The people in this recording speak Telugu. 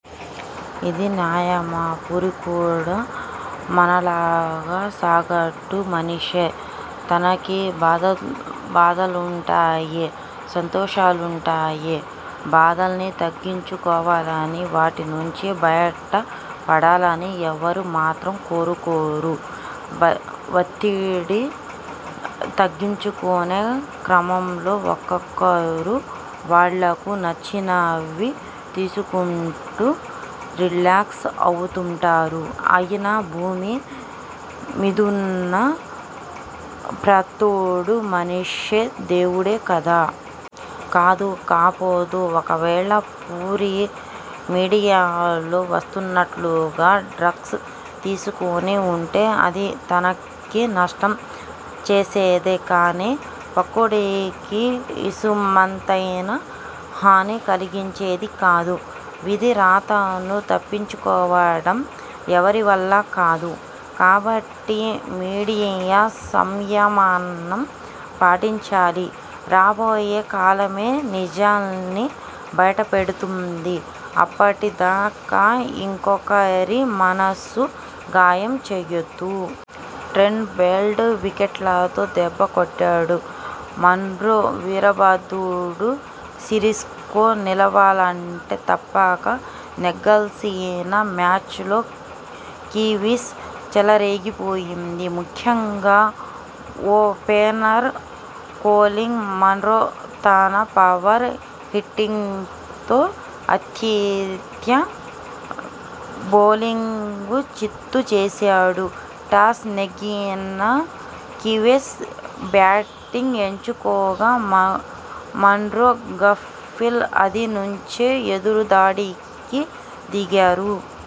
ఇది న్యాయమా? పూరీకూడా మనలాగా సగటు మనిషే. తనకి బాధలుంటాయ్ సంతోషాలుంటాయ్. బాదల్ని తగ్గించు కోవాలని వాటి నుంచి బయట పడాలని ఎవరు మాత్రం కోరుకోరు. ఒత్తిడి తగ్గించుకునే క్రమంలో ఒక్కొక్కరు వాళ్లకు నచ్చినవి తీసుకుంటూ రిలాక్స్ అవుతుంటారు. అయినా, భూమి మీదున్న ప్రతోడు మనిషే, దేవుడు కాదు. కాదు. కాబోదు. ఒకవేళ పూరీ మీడియాలో వస్తున్నట్లుగా డ్రగ్స్ తీసుకొని వుంటే అది తనకి నష్టం చేసేదే కానీ పక్కోడికి ఇసుమంతైనా హాని కలిగించేది కాదు. విధి రాతను తప్పించుకోవడం ఎవరివల్లా కాదు. కాబట్టి మీడియా సంయమనం పాటించాలి. రాబోయే కాలమే నిజాల్ని బయటపెడుతుంది. అప్పటిదాకా ఇంకొకరి మనసు గాయం చేయొద్దు. ట్రెంట్ బౌల్ట్ వికెట్లతో దెబ్బ కొట్టాడు. మన్రో వీరబాదుడు సిరీస్లో నిలవాలంటే తప్పక నెగ్గాల్సిన మ్యాచ్ లో కివీస్ చెలరేగిపో యింది. ముఖ్యంగా ఓపెనర్ కొలిన్ మన్రో తన పవర్ హిట్టింగ్తో ఆతిథ్య బౌలింగు చిత్తు చేశాడు. టాస్ నెగ్గిన కివీస్ బ్యాటింగ్ ఎంచుకోగా మన్రో, గప్టిల్ ఆది నుంచే ఎదురుదాడికి దిగారు.